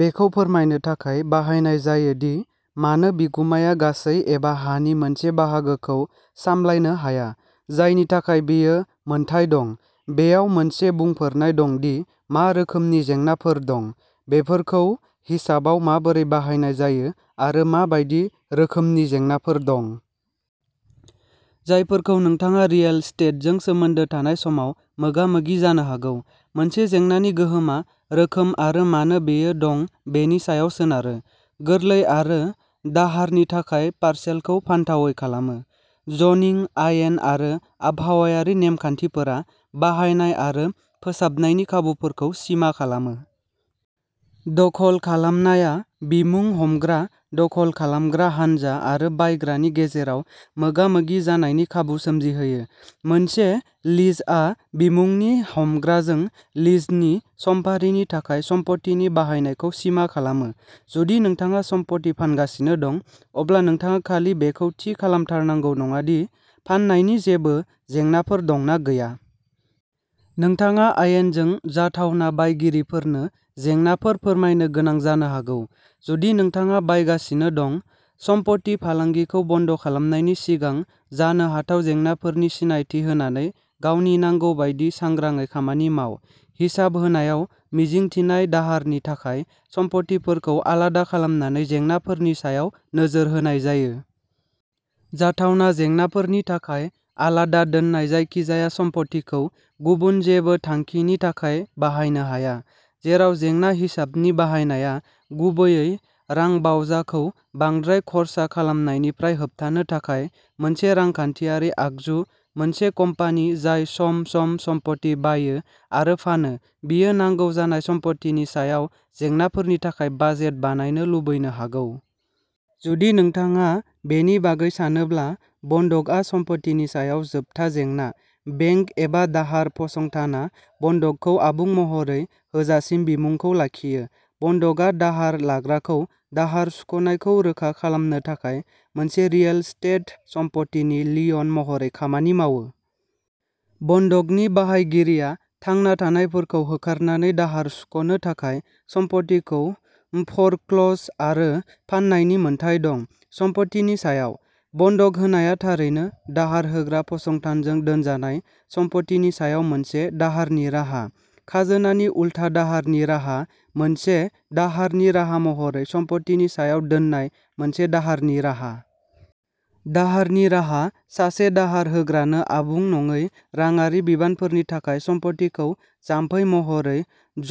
बेखौ फोरमायनो थाखाय बाहायनाय जायो दि मानो बिगुमाया गासै एबा हानि मोनसे बाहागोखौ सामलायनो हाया। जायनि थाखाय बियो मोनथाय दं। बेयाव मोनसे बुंफोरनाय दं दि मा रोखोमनि जेंनाफोर दं। बेफोरखौ हिसाबाव माबोरै बाहायनाय जायो आरो मा बायदि रोखोमनि जेंनाफोर दं। जायफोरखौ नोंथाङा रियेल एस्टेटजों सोमोन्दो थानाय समाव मोगा-मोगि जानो हागौ। मोनसे जेंनानि गोहोमआ रोखोम आरो मानो बेयो दं बेनि सायाव सोनारो। गोरलै आरो दाहारनि थाखाय पारसेलखौ फानथावै खालामो। जनिं आयेन आरो आबहावायारि नेम-खान्थिफोरा बाहायनाय आरो फोसाबनायनि खाबुफोरखौ सिमा खालामो। दखल खालामनाया बिमुं-हमग्रा दखल खालामग्रा हानजा आरो बायग्रानि गेजेराव मोगा-मोगि जानायनि खाबु सोमजिहोयो। मोनसे लिजआ बिमुंनि हमग्राजों लिजनि समफारिनि थाखाय सम्पथिनि बाहायनायखौ सिमा खालामो। जुदि नोंथाङा सम्पथि फानगासिनो दं। अब्ला नोंथाङा खालि बेखौ थि खालामथारनांगौ नङा दि फाननायनि जेबो जेंनाफोर दं ना गैया। नोंथाङा आयेनजों जाथावना बायगिरिफोरनो जेंनाफोर फोरमायनो गोनां जानो हागौ। जुदि नोंथाङा बायगासिनो दं। सम्फथि फालांगिखौ बन्द खालामनायनि सिगां जानो हाथाव जेंनाफोरनि सिनायथि होनानै गावनि नांगौ बायदि सांग्राङै खामानि माव। हिसाब होनायाव मिजिंथिनाय दाहारनि थाखाय सम्फथिफोरखौ आलादा खालामनानै जेंनाफोरनि सायाव नोजोर होनाय जायो। जाथावना जेंनाफोरनि थाखाय आलादा दोननाय जायखिजाया सम्फथिखौ गुबुन जेबो थांखिनि थाखाय बाहायनो हाया। जेराव जेंना हिसाबनि बाहायनाया गुबैयै रांबावजाखौ बांद्राय खर्सा खालामनायनिफ्राय होबथानो थाखाय मोनसे रांखान्थियारि आगजु मोनसे कम्पानि जाय सम-सम सम्फथि बायो आरो फानो बियो नांगौ जानाय सम्फथिनि सायाव जेंनाफोरनि थाखाय बाजेट बानायनो लुबैनो हागौ। जुदि नोंथाङा बेनि बागै सानोब्ला बन्दकआ सम्पथिनि सायाव जोबथा जेंना। बेंक एबा दाहार फसंथानआ बन्दकखौ आबुं महरै होजासिम बिमुंखौ लाखियो। बन्दकआ दाहार लाग्राखौ दाहार सुख'नायखौ रोखा खालामनो थाखाय मोनसे रियेल एस्टेट सम्पथिनि लियन महरै खामानि मावो। बन्दकनि बाहागिरिया थांना थानायफोरखौ होखारनानै दाहार सुख'नो थाखाय सम्फथिखौ फ'रक्ल'ज आरो फाननायनि मोन्थाइ दं। सम्फथिनि सायाव। बन्दक होनाया थारैनो दाहार होग्रा फसंथानजों दोनजानाय सम्फथिनि सायाव मोनसे दाहारनि राहा। खाजोनानि उल्था दाहारनि राहा मोनसे दाहारनि राहा महरै सम्फथिनि सायाव दोननाय मोनसे दाहारनि राहा। दाहारनि राहा सासे दाहार होग्रानो आबुं नङै राङारि बिबानफोरनि थाखाय सम्फथिखौ जामफै महरै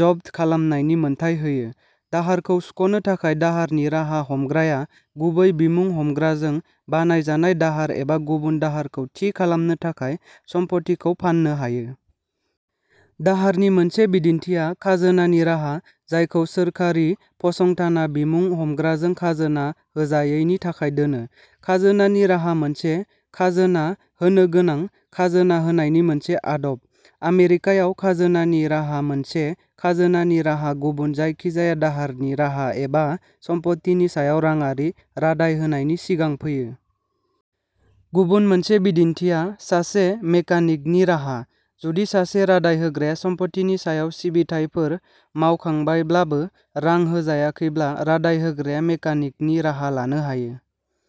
जब्द खालामनायनि मोन्थाइ होयो। दाहारखौ सुख'नो थाखाय दाहारनि राहा हमग्राया गुबै बिमुं हमग्राजों बानायजानाय दाहार एबा गुबुन दाहारखौ थि खालामनो थाखाय सम्फथिखौ फान्नो हायो। दाहारनि मोनसे बिदिन्थिआ खाजोनानि राहा जायखौ सोरखारि फसंथानआ बिमुं हमग्राजों खाजोना होजायैनि थाखाय दोनो। खाजोनानि राहा मोनसे खाजोना होनोगोनां खाजोना होनायनि मोनसे आदब। आमेरिकायाव खाजोनानि राहा मोनसे खाजोनानि राहा गुबुन जायखिजाया दाहारनि राहा एबा सम्फथिनि सायाव राङारि रादाय होनायनि सिगां फैयो। गुबुन मोनसे बिदिन्थिआ सासे मेकानिकनि राहा। जुदि सासे रादाय होग्राया सम्फथिनि सायाव सिबिथायफोर मावखांबायब्लाबो रां होजायाखैब्ला रादाय होग्राया मेकानिकनि राहा लानो हायो।